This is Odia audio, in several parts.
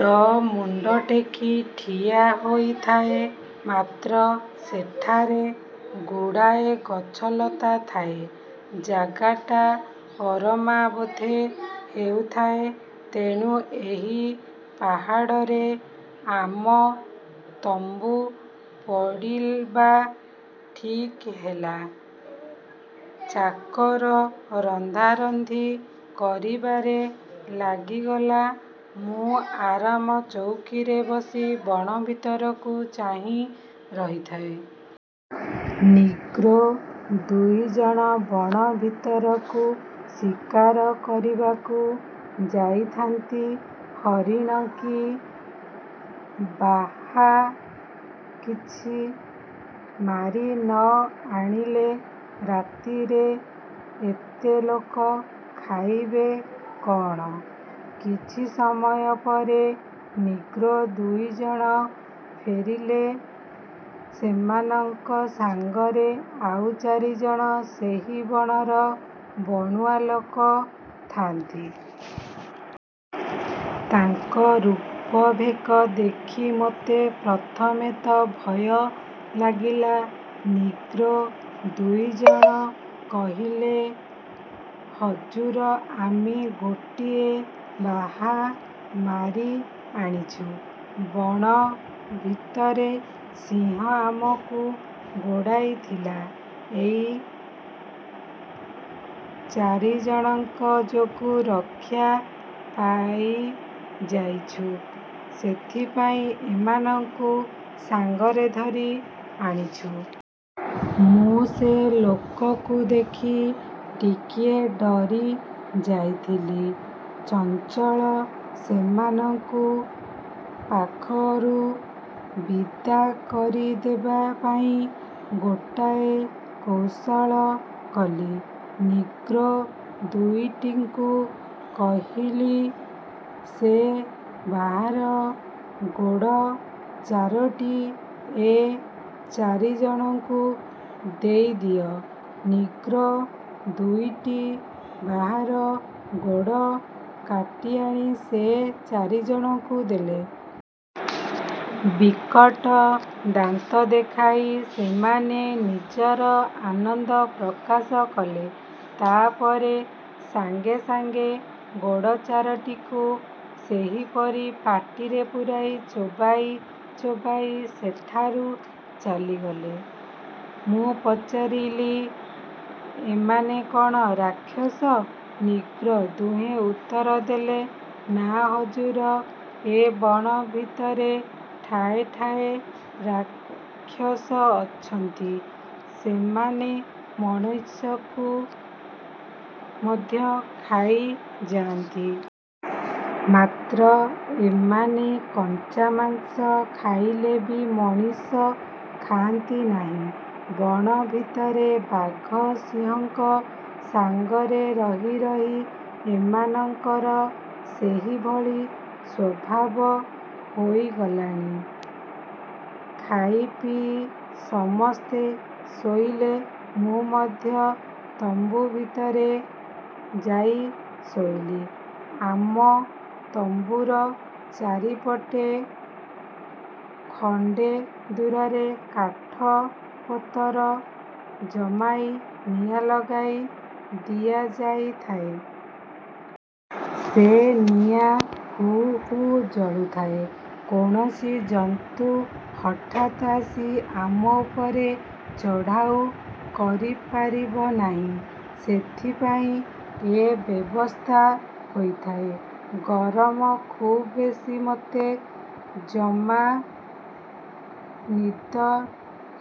ଡ଼ ମୁଣ୍ଡ ଟେକି ଠିଆ ହୋଇଥାଏ; ମାତ୍ର ସେଠାରେ ଗୁଡ଼ାଏ ଗଛଲତା ଥାଏ, ଜାଗାଟା ଅରମା ବୋଧ ହେଉଥାଏ। ତେଣୁ ଏହି ପାହାଡ଼ରେ ଆମ ତମ୍ବୁ ପଡ଼ିବା ଠିକ୍ ହେଲା। ଚାକର ରନ୍ଧାରନ୍ଧି କରିବାରେ ଲାଗିଗଲା। ମୁଁ ଆରାମ ଚଉକିରେ ବସି ବଣ ଭିତରକୁ ଚାହିଁ ରହିଥାଏ। ନିଗ୍ରୋ ଦୁଇ ଜଣ ବଣ ଭିତରକୁ ଶିକାର କରିବାକୁ ଯାଇଥାନ୍ତି। ହରିଣ କି ବାର୍ହା କିଛି ମାରି ନ ଆଣିଲେ ରାତିରେ ଏତେ ଲୋକ ଖାଇବେ କଅଣ? କିଛି ସମୟ ପରେ ନିଗ୍ରୋ ଦୁଇ ଜଣ ଫେରିଲେ। ସେମାନଙ୍କ ସାଙ୍ଗରେ ଆଉ ଚାରି ଜଣ ସେହି ବଣର ବଣୁଆ ଲୋକ ଥାଆନ୍ତି। ତାଙ୍କ ରୂପ ଭେକ ଦେଖି ମୋତେ ପ୍ରଥମେ ତ ଭୟ ଲାଗିଲା। ନିଗ୍ରୋ ଦୁଇ ଜଣ କହିଲେ, "ହଜୁର, ଆମେ ଗୋଟାଏ ବାର୍ହା ମାରି ଆଣିଛୁ। ବଣ ଭିତରେ ସିଂହ ଆମକୁ ଗୋଡ଼ାଇ ଥିଲା। ଏହି ଚାରିଜଣଙ୍କ ଯୋଗୁଁ ରକ୍ଷା ପାଇଯାଇଛୁ। ସେଇଥିପାଇଁ ଏମାନଙ୍କୁ ସାଙ୍ଗରେ ଧରି ଆଣିଛୁ। ମୁଁ ସେ ଲୋକଙ୍କୁ ଦେଖି ଟିକିଏ ଡରି ଯାଇଥିଲି। ଚଞ୍ଚଳ ସେମାନଙ୍କୁ ପାଖରୁ ବିଦା କରିଦେବା ପାଇଁ ଗୋଟାଏ କୌଶଳ କଲି। ନିଗ୍ରୋ ଦୁଇଟିଙ୍କୁ କହିଲି, ''ସେ ବାର୍ହାର ଗୋଡ଼ ଚାରିଟା ଏ ଚାରିଜଣଙ୍କୁ ଦେଇଦିଅ। '' ନିଗ୍ରୋ ଦୁଇଟି ବାର୍ହାର ଗୋଡ଼ କାଟିଆଣି ସେ ଚାରିଜଣଙ୍କୁ ଦେଲେ। ବିକଟ ଦାନ୍ତ ଦେଖାଇ ସେମାନେ ନିଜର ଆନନ୍ଦ ପ୍ରକାଶ କଲେ। ତା'ପରେ ସାଙ୍ଗେ ସାଙ୍ଗେ ଗୋଡ଼ ଚାରିଟାକୁ ସେହିପରି ପାଟିରେ ପୂରାଇ ଚୋବାଇ ଚୋବାଇ ସେଠାରୁ ଚାଲିଗଲେ। ମୁଁ ପଚାରିଲି-ଏମାନେ କ'ଣ ରାକ୍ଷସ? ନିଗ୍ରୋ। ଦୁହେଁ ଉତ୍ତର ଦେଲେ-''ନାଁ ହଜୁର, ଏ ବଣ ଭିତରେ ଠାଏଠାଏ ରାକ୍ଷସ ଅଛନ୍ତି; ସେମାନେ ମଣିଷକୁ ମଧ୍ୟ ଖାଇଯାଆନ୍ତି। ମାତ୍ର ଏମାନେ କଞ୍ଚା ମାଂସ ଖାଇଲେ ବି ମଣିଷ ଖାଆନ୍ତି ନାହିଁ। ବଣ ଭିତରେ ବାଘ ସିଂହଙ୍କ ସାଙ୍ଗରେ ରହି ରହି ଏମାନଙ୍କର ସେହିଭଳି ସ୍ୱଭାବ ହୋଇଗଲାଣି। '' ଖାଇପିଇ ସମସ୍ତେ ଶୋଇଲେ। ମୁଁ ମଧ୍ୟ ତମ୍ବୁ ଭିତରେ ଯାଇ ଶୋଇଲି। ଆମ ତମ୍ବୁର ଚାରିପଟେ ଖଣ୍ଡେ ଦୂରରେ କାଠ ପତର ଜମାଇ ନିଆଁ ଲଗାଇ ଦିଆଯାଇଥାଏ। ସେ ନିଆଁ ହୁ ହୁ ଜଳୁଥାଏ। କୌଣସି ଜନ୍ତୁ ହଠାତ୍ ଆସି ଆମ ଉପରେ ଚଢ଼ାଉ କରିପାରିବ ନାହିଁ-ସେଇଥିପାଇଁ ଏ ବ୍ୟବସ୍ଥା ହୋଇଥାଏ। ଗରମ ଖୁବ ବେଶି; ମୋତେ ଜମା ନିଦ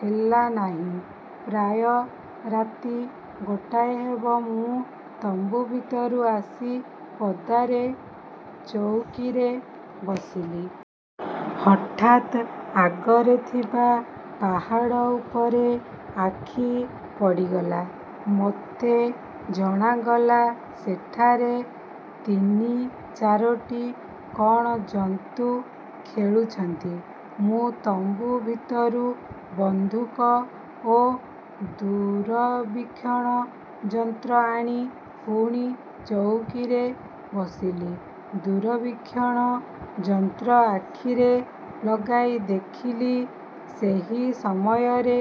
ହେଲା ନାହିଁ। ପ୍ରାୟ ରାତି ଗୋଟାଏ ହେବ, ମୁଁ ତମ୍ବୁ ଭିତରୁ ଆସି ପଦାରେ ଚଉକିରେ ବସିଲି। ହଠାତ୍ ଆଗରେ ଥିବା ପାହାଡ଼ ଉପରେ ଆଖି ପଡ଼ିଗଲା। ମୋତେ ଜଣାଗଲା, ସେଠାରେ ତିନି ଚାରୋଟି କ'ଣ ଜନ୍ତୁ ଖେଳୁଛନ୍ତି। ମୁଁ ତମ୍ବୁ ଭିତରୁ ବନ୍ଧୁକ ଓ ଦୂରବୀକ୍ଷଣ ଯନ୍ତ୍ର ଆଣି ପୁଣି ଚଉକିରେ ବସିଲି। ଦୂରବୀକ୍ଷଣ ଯନ୍ତ୍ର ଆଖିରେ ଲଗାଇ ଦେଖିଲି। ସେହି ସମୟରେ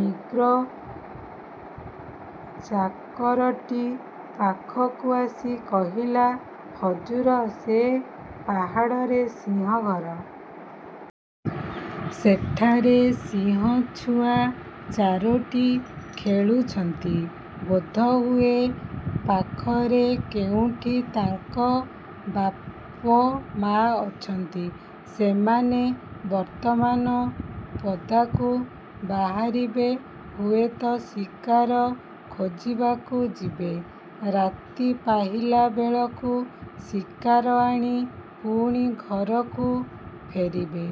ନିଗ୍ରୋ ଚାକରଟି ପାଖକୁ ଆସି କହିଲା, "ହଜୁର, ସେ ପାହାଡ଼ରେ ସିଂହ ଘର। ସେଠାରେ ସିଂହଛୁଆ ଚାରୋଟି ଖେଳୁଛନ୍ତି। ବୋଧହୁଏ ପାଖରେ କେଉଁଠି ତାଙ୍କ ବାପ ମା' ଅଛନ୍ତି। ସେମାନେ ବର୍ତ୍ତମାନ ପଦାକୁ ବାହାରିବେ; ହୁଏତ ଶିକାର ଖୋଜିବାକୁ ଯିବେ। ରାତି ପାହିଲାବେଳକୁ ଶିକାର ଆଣି ପୁଣି ଘରକୁ ଫେରିବେ।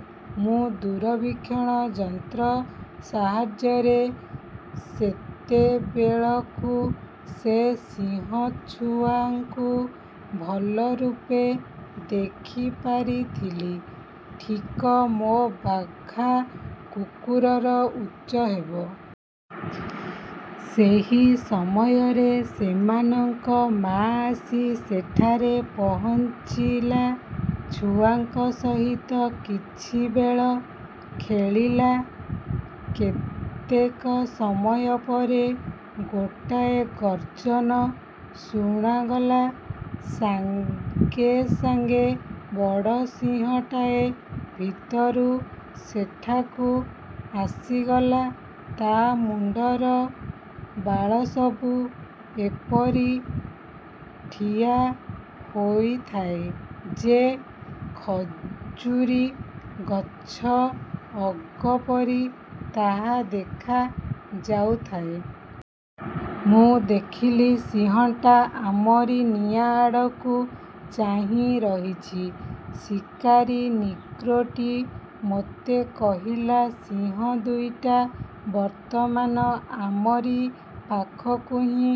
ମୁଁ ଦୂରବୀକ୍ଷଣ ଯନ୍ତ୍ର ସାହାଯ୍ୟରେ ସେତେବେଳକୁ ସେ ସିଂହଛୁଆଙ୍କୁ ଭଲରୂପେ ଦେଖିପାରିଥିଲି-ଠିକ ମୋ ବାଘା କୁକୁରର ଉଚ୍ଚ ହେବେ। ସେହି ସମୟରେ ସେମାନଙ୍କ ମା' ଆସି ସେଠାରେ ପହଞ୍ଚିଲା। ଛୁଆଙ୍କ ସହିତ କିଛି ବେଳ ଖେଳିଲା। କେତେକ ସମୟ ପରେ ଗୋଟାଏ ଗର୍ଜନ ଶୁଣାଗଲା। ସାଙ୍ଗେ ସାଙ୍ଗେ ବଡ଼ ସିଂହଟାଏ ଭିତରୁ ସେଠାକୁ ଆସିଗଲା। ତା' ମୁଣ୍ଡର ବାଳସବୁ ଏପରି ଠିଆ ହୋଇଥାଏ ଯେ, ଖଜୁରୀ ଗଛ ଅଗ ପରି ତାହା ଦେଖା ଯାଉଥାଏ। ମୁଁ ଦେଖିଲି, ସିଂହଟା ଆମରି ନିଆଁ ଆଡ଼କୁ ଚାହିଁରହିଛି। ଶିକାରୀ ନିଗ୍ରୋଟି ମୋତେ କହିଲା, ''ସିଂହ ଦୁଇଟା ବର୍ତ୍ତମାନ ଆମରି ପାଖକୁ ହିଁ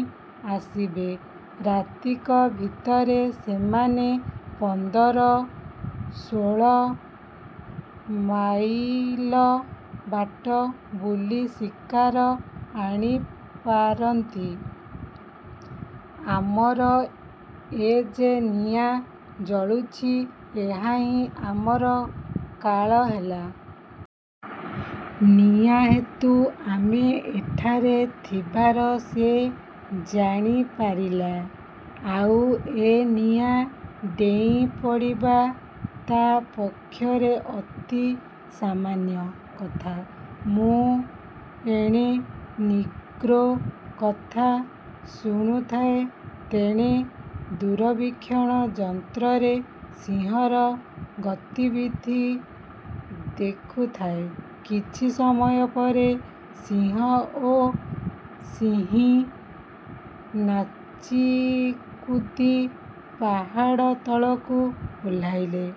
ଆସିବେ। ରାତିକ ଭିତରେ ସେମାନେ ପନ୍ଦର ଷୋଳ ମାଇଲ ବାଟ ବୁଲି ଶିକାର ଆଣିପାରନ୍ତି। ଆମର ଏ ଯେ ନିଆଁ ଜଳୁଛି, ଏହା ହିଁ ଆମର କାଳ ହେଲା। ନିଆଁ ହେତୁ ଆମେ ଏଠାରେ ଥିବାର ସେ ଜାଣିପାରିଲା। ଆଉ, ଏ ନିଆଁ ଡେଇଁପଡ଼ିବା ତା' ପକ୍ଷରେ ଅତି ସାମାନ୍ୟ କଥା। ମୁଁ ଏଣେ ନିଗ୍ରୋ କଥା ଶୁଣୁଥାଏଁ, ତେଣେ ଦୂରବୀକ୍ଷଣ ଯନ୍ତ୍ରରେ ସିଂହର ଗତିବିଧି ଦେଖୁଥାଏ। କିଛି ସମୟ ପରେ ସିଂହ ଓ ସିଂହୀ ନାଚିକୁଦି ପାହାଡ଼ ତଳକୁ ଓହ୍ଲାଇଲେ।